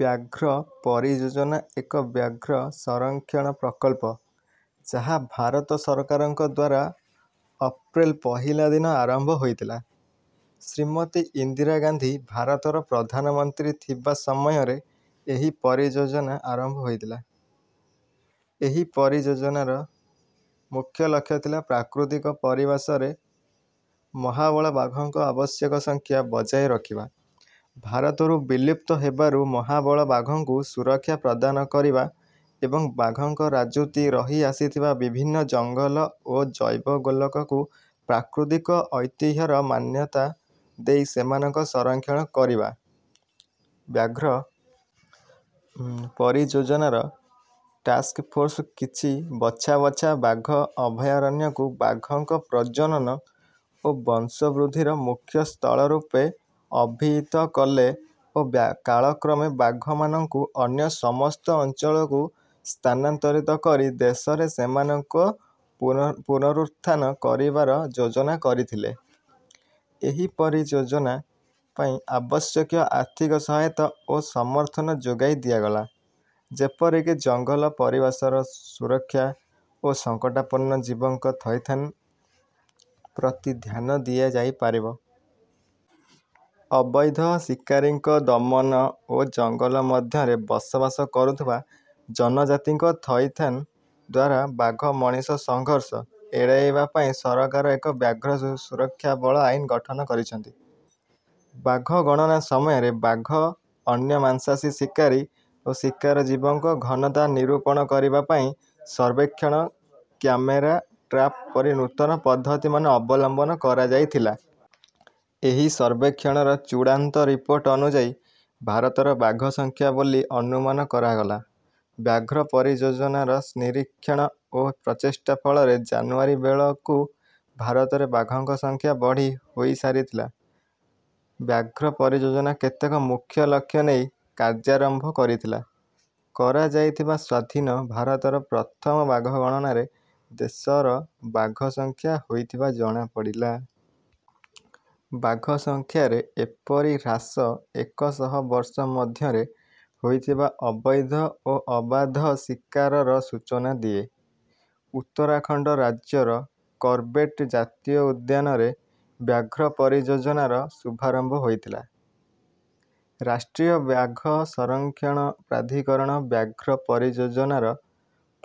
ବ୍ୟାଘ୍ର ପରିଯୋଜନା ଏକ ବ୍ୟାଘ୍ର ସଂରକ୍ଷଣ ପ୍ରକଳ୍ପ, ଯାହା ଭାରତ ସରକାରଙ୍କ ଦ୍ୱାରା ଅପ୍ରେଲ୍ ପହିଲା ଦିନ ଆରମ୍ଭ ହୋଇଥିଲା। ଶ୍ରୀମତୀ ଇନ୍ଦିରା ଗାନ୍ଧୀ ଭାରତର ପ୍ରଧାନମନ୍ତ୍ରୀ ଥିବା ସମୟରେ ଏହି ପରିଯୋଜନା ଆରମ୍ଭ ହୋଇଥିଲା। ଏହି ପରିଯୋଜନାର ମୁଖ୍ୟ ଲକ୍ଷ୍ୟ ଥିଲା ପ୍ରାକୃତିକ ପରିବାସରେ ମହାବଳ ବାଘଙ୍କ ଆବଶ୍ୟକ ସଂଖ୍ୟା ବଜାୟ ରଖିବା, ଭାରତରୁ ବିଲୁପ୍ତ ହେବାରୁ ମହାବଳ ବାଘଙ୍କୁ ସୁରକ୍ଷା ପ୍ରଦାନ କରିବା ଏବଂ ବାଘଙ୍କ ରାଜୁତି ରହିଆସିଥିବା ବିଭିନ୍ନ ଜଙ୍ଗଲ ଓ ଜୈବଗୋଲକକୁ ପ୍ରାକୃତିକ ଐତିହ୍ୟର ମାନ୍ୟତା ଦେଇ ସେମାନଙ୍କ ସଂରକ୍ଷଣ କରିବା। ବ୍ୟାଘ୍ର ପରିଯୋଜନାର ଟାସ୍କ୍ ଫୋର୍ସ୍ କିଛି ବଛା ବଛା ବାଘ ଅଭୟାରଣ୍ୟକୁ ବାଘଙ୍କ ପ୍ରଜନନ ଓ ବଂଶବୃଦ୍ଧିର ମୁଖ୍ୟ ସ୍ଥଳ ରୂପେ ଅଭିହିତ କଲେ ଓ କାଳକ୍ରମେ ବାଘମାନଙ୍କୁ ଅନ୍ୟ ସମସ୍ତ ଅଞ୍ଚଳକୁ ସ୍ଥାନାନ୍ତରିତ କରି ଦେଶରେ ସେମାନଙ୍କ ପୁନରୁତ୍ଥାନ କରିବାର ଯୋଜନା କରିଥିଲେ। ଏହି ପରିଯୋଜନା ପାଇଁ ଆବଶ୍ୟକୀୟ ଆର୍ଥିକ ସହାୟତା ଓ ସମର୍ଥନ ଯୋଗାଇ ଦିଆଗଲା, ଯେପରିକି ଜଙ୍ଗଲ ପରିବାସର ସୁରକ୍ଷା ଓ ସଙ୍କଟାପନ୍ନ ଜୀବଙ୍କ ଥଇଥାନ ପ୍ରତି ଧ୍ୟାନ ଦିଆଯାଇପାରିବ। ଅବୈଧ ଶିକାରୀଙ୍କ ଦମନ ଓ ଜଙ୍ଗଲ ମଧ୍ୟରେ ବସବାସ କରୁଥିବା ଜନଜାତିଙ୍କ ଥଇଥାନ ଦ୍ୱାରା ବାଘ ମଣିଷ ସଂଘର୍ଷ ଏଡ଼ାଇବା ପାଇଁ ସରକାର ଏକ ବ୍ୟାଘ୍ର ସୁରକ୍ଷା ବଳ ଗଠନ କରିଛନ୍ତି। ବାଘ ଗଣନା ସମୟରେ ବାଘ, ଅନ୍ୟ ମାଂସାସୀ ଶିକାରୀ ଓ ଶିକାର ଜୀବଙ୍କ ଘନତା ନିରୂପଣ କରିବା ପାଇଁ ସର୍ବେକ୍ଷଣ, କ୍ୟାମେରା ଟ୍ରାପ୍ ପରି ନୂତନ ପଦ୍ଧତିମାନ ଅବଲମ୍ବନ କରାଯାଇଥିଲା। ଏହି ସର୍ବେକ୍ଷଣର ଚୂଡ଼ାନ୍ତ ରିପୋର୍ଟ ଅନୁଯାୟୀ ଭାରତର ବାଘ ସଂଖ୍ୟା ବୋଲି ଅନୁମାନ କରାଗଲା। ବ୍ୟାଘ୍ର ପରିଯୋଜନାର ନିରୀକ୍ଷଣ ଓ ପ୍ରଚେଷ୍ଟା ଫଳରେ ଜାନୁଆରୀ ବେଳକୁ ଭାରତରେ ବାଘଙ୍କ ସଂଖ୍ୟା ବଢ଼ି ହୋଇସାରିଥିଲା। ବ୍ୟାଘ୍ର ପରିଯୋଜନା କେତେକ ମୁଖ୍ୟ ଲକ୍ଷ୍ୟ ନେଇ କାର୍ଯ୍ୟାରମ୍ଭ କରିଥିଲା। କରାଯାଇଥିବା ସ୍ୱାଧୀନ ଭାରତର ପ୍ରଥମ ବାଘ ଗଣନାରେ ଦେଶର ବାଘ ସଂଖ୍ୟା ହୋଇଥିବା ଜଣାପଡ଼ିଲା। ବାଘସଂଖ୍ୟାରେ ଏପରି ହ୍ରାସ ଏକ ଶହ ବର୍ଷ ମଧ୍ୟରେ ହୋଇଥିବା ଅବୈଧ ଓ ଅବାଧ ଶିକାରର ସୂଚନା ଦିଏ। ଉତ୍ତରାଖଣ୍ଡ ରାଜ୍ୟର କର୍ବେଟ୍ ଜାତୀୟ ଉଦ୍ୟାନରେ ବ୍ୟାଘ୍ର ପରିଯୋଜନାର ଶୁଭାରମ୍ଭ ହୋଇଥିଲା। ରାଷ୍ଟ୍ରୀୟ ବାଘ ସଂରକ୍ଷଣ ପ୍ରାଧିକରଣ ବ୍ୟାଘ୍ର ପରିଯୋଜନାର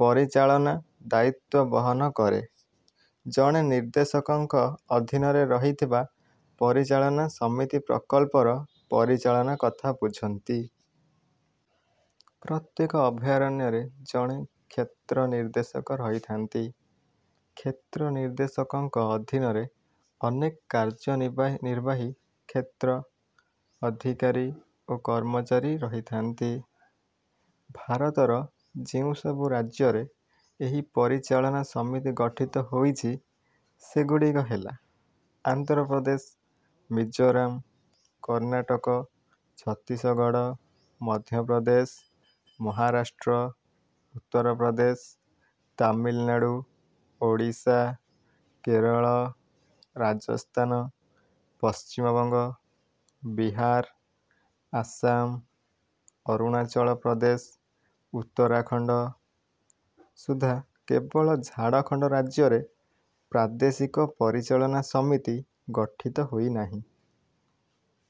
ପରିଚାଳନା ଦାୟିତ୍ୱ ବହନ କରେ। ଜଣେ ନିର୍ଦ୍ଦେଶକଙ୍କ ଅଧୀନରେ ରହିଥିବା ପରିଚାଳନା ସମିତି ପ୍ରକଳ୍ପର ପରିଚାଳନା କଥା ବୁଝନ୍ତି। ପ୍ରତ୍ୟେକ ଅଭୟାରଣ୍ୟରେ ଜଣେ କ୍ଷେତ୍ର ନିର୍ଦ୍ଦେଶକ ରହିଥାନ୍ତି। କ୍ଷେତ୍ର ନିର୍ଦ୍ଦେଶକଙ୍କ ଅଧୀନରେ ଅନେକ କାର୍ଯ୍ୟନିର୍ବାହୀ, କ୍ଷେତ୍ର ଅଧିକାରୀ ଓ କର୍ମଚାରୀ ରହିଥାନ୍ତି। ଭାରତର ଯେଉଁସବୁ ରାଜ୍ୟରେ ଏହି ପରିଚାଳନା ସମିତି ଗଠିତ ହୋଇଛି, ସେଗୁଡ଼ିକ ହେଲା ଆନ୍ଧ୍ର ପ୍ରଦେଶ, ମିଜୋରାମ, କର୍ଣ୍ଣାଟକ, ଛତିଶଗଡ଼, ମଧ୍ୟପ୍ରଦେଶ, ମହାରାଷ୍ଟ୍ର, ଉତ୍ତର ପ୍ରଦେଶ, ତାମିଲନାଡ଼ୁ, ଓଡ଼ିଶା, କେରଳ, ରାଜସ୍ଥାନ, ପଶ୍ଚିମବଙ୍ଗ, ବିହାର, ଆସାମ, ଅରୁଣାଚଳ ପ୍ରଦେଶ, ଉତ୍ତରାଖଣ୍ଡ। ସୁଦ୍ଧା କେବଳ ଝାଡ଼ଖଣ୍ଡ ରାଜ୍ୟରେ ପ୍ରାଦେଶିକ ପରିଚାଳନା ସମିତି ଗଠିତ ହୋଇନାହିଁ।